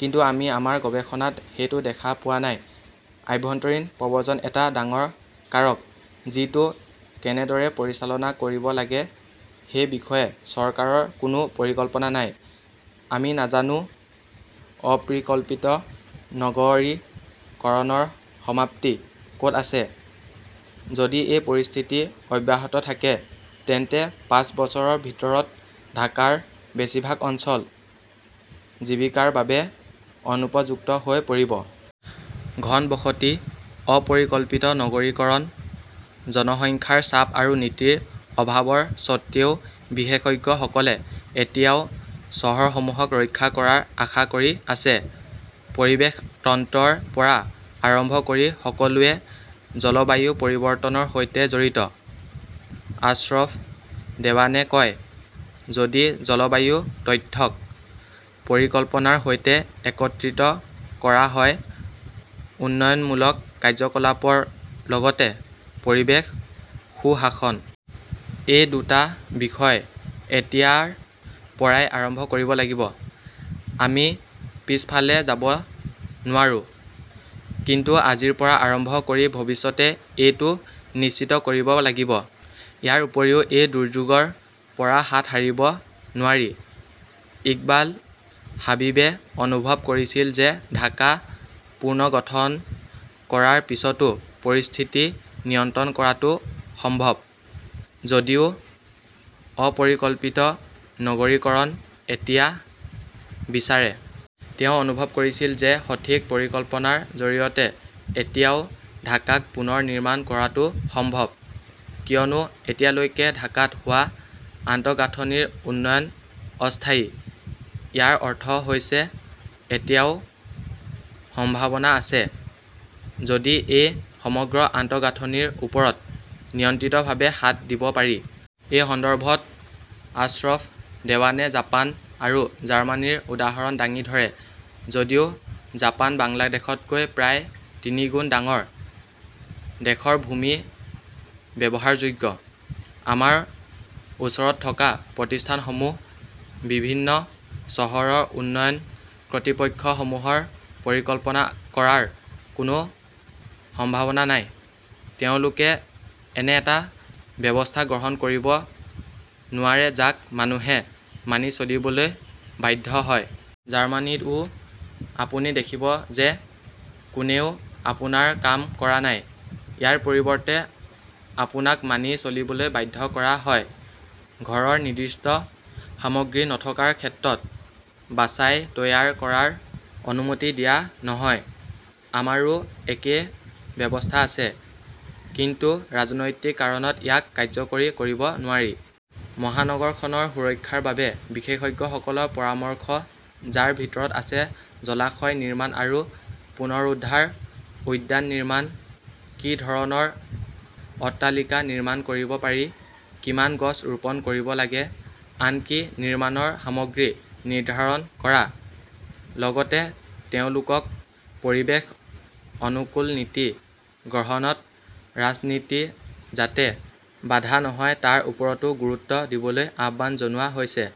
কিন্তু আমি আমাৰ গৱেষণাত সেইটো দেখা পোৱা নাই। আভ্যন্তৰীণ প্ৰব্ৰজন এটা ডাঙৰ কাৰক, যিটো কেনেদৰে পৰিচালনা কৰিব লাগে সেই বিষয়ে চৰকাৰৰ কোনো পৰিকল্পনা নাই। আমি নাজানো অপ্ৰিকল্পিত নগৰীকৰণৰ সমাপ্তি ক'ত আছে। যদি এই পৰিস্থিতি অব্যাহত থাকে, তেন্তে পাঁচ বছৰৰ ভিতৰত ঢাকাৰ বেছিভাগ অঞ্চল জীৱিকাৰ বাবে অনুপযুক্ত হৈ পৰিব। ঘনবসতি, অ-পৰিকল্পিত নগৰীকৰণ, জনসংখ্যাৰ চাপ আৰু নীতিৰ অভাৱৰ স্বত্বেও বিশেষজ্ঞসকলে এতিয়াও চহৰসমূহক ৰক্ষা কৰাৰ আশা কৰি আছে। "পৰিৱেশ তন্ত্ৰৰ পৰা আৰম্ভ কৰি সকলোৱে জলবায়ু পৰিৱৰ্তনৰ সৈতে জড়িত", আশ্ৰফ দেৱানে কয়। যদি জলবায়ু তথ্যক পৰিকল্পনাৰ সৈতে একত্ৰিত কৰা হয়, উন্নয়নমূলক কাৰ্যকলাপৰ লগতে পৰিৱেশ সু-শাসন। এই দুটা বিষয় এতিয়াৰ পৰাই আৰম্ভ কৰিব লাগিব। আমি পিছফালে যাব নোৱাৰো। কিন্তু আজিৰ পৰা আৰম্ভ কৰি ভৱিষ্যতে এইটো নিশ্চিত কৰিব লাগিব। ইয়াৰ উপৰিও এই দুৰ্যোগৰ পৰা হাত সাৰিব নোৱাৰি। ইকবাল হাবিবে অনুভৱ কৰিছিল যে ঢাকা পুনৰ্গঠন কৰাৰ পিছতো পৰিস্থিতি নিয়ন্ত্ৰণ কৰাটো সম্ভৱ, যদিও অ-পৰিকল্পিত নগৰীকৰণ এতিয়া বিচাৰে। তেওঁ অনুভৱ কৰিছিল যে সঠিক পৰিকল্পনাৰ জৰিয়তে এতিয়াও ঢাকাক পুনৰ নিৰ্মাণ কৰাটো সম্ভৱ, কিয়নো এতিয়ালৈকে ঢাকাত হোৱা আন্তঃগাঁথনিৰ উন্নয়ন অস্থায়ী। ইয়াৰ অৰ্থ হৈছে এতিয়াও সম্ভাৱনা আছে, যদি এই সমগ্ৰ আন্তঃগাঁথনিৰ ওপৰত নিয়ন্ত্ৰিতভাৱে হাত দিব পাৰি। এই সন্দৰ্ভত আশ্ৰফ দেৱানে জাপান আৰু জাৰ্মানীৰ উদাহৰণ দাঙি ধৰে। যদিও জাপান বাংলাদেশতকৈ প্ৰায় তিনিগুণ ডাঙৰ, দেশৰ ভূমি ব্যৱহাৰযোগ্য। আমাৰ ওচৰত থকা প্ৰতিষ্ঠানসমূহ, বিভিন্ন চহৰৰ উন্নয়ন কৰ্তৃপক্ষসমূহৰ পৰিকল্পনা কৰাৰ কোনো সম্ভাৱনা নাই। তেওঁলোকে এনে এটা ব্যৱস্থা গ্ৰহণ কৰিব নোৱাৰে যাক মানুহে মানি চলিবলৈ বাধ্য হয়। জাৰ্মানীতও আপুনি দেখিব যে কোনেও আপোনাৰ কাম কৰা নাই। ইয়াৰ পৰিৱৰ্তে আপোনাক মানি চলিবলৈ বাধ্য কৰা হয়। ঘৰৰ নিৰ্দিষ্ট সামগ্ৰী নথকাৰ ক্ষেত্ৰত বাচাই তৈয়াৰ কৰাৰ অনুমতি দিয়া নহয়। আমাৰো একেই ব্যৱস্থা আছে। কিন্তু ৰাজনৈতিক কাৰণত ইয়াক কাৰ্যকৰী কৰিব নোৱাৰি। মহানগৰখনৰ সুৰক্ষাৰ বাবে বিশেষজ্ঞসকলৰ পৰামৰ্শ, যাৰ ভিতৰত আছে জলাশয় নিৰ্মাণ আৰু পুনৰুদ্ধাৰ, উদ্যান নিৰ্মাণ, কি ধৰণৰ অট্টালিকা নিৰ্মাণ কৰিব পাৰি, কিমান গছ ৰোপণ কৰিব লাগে, আনকি নিৰ্মাণৰ সামগ্ৰী নিৰ্ধাৰণ কৰা। লগতে তেওঁলোকক পৰিৱেশ অনুকূল নীতি গ্ৰহণত ৰাজনীতি যাতে বাধা নহয় তাৰ ওপৰতো গুৰুত্ব দিবলৈ আহ্বান জনোৱা হৈছে।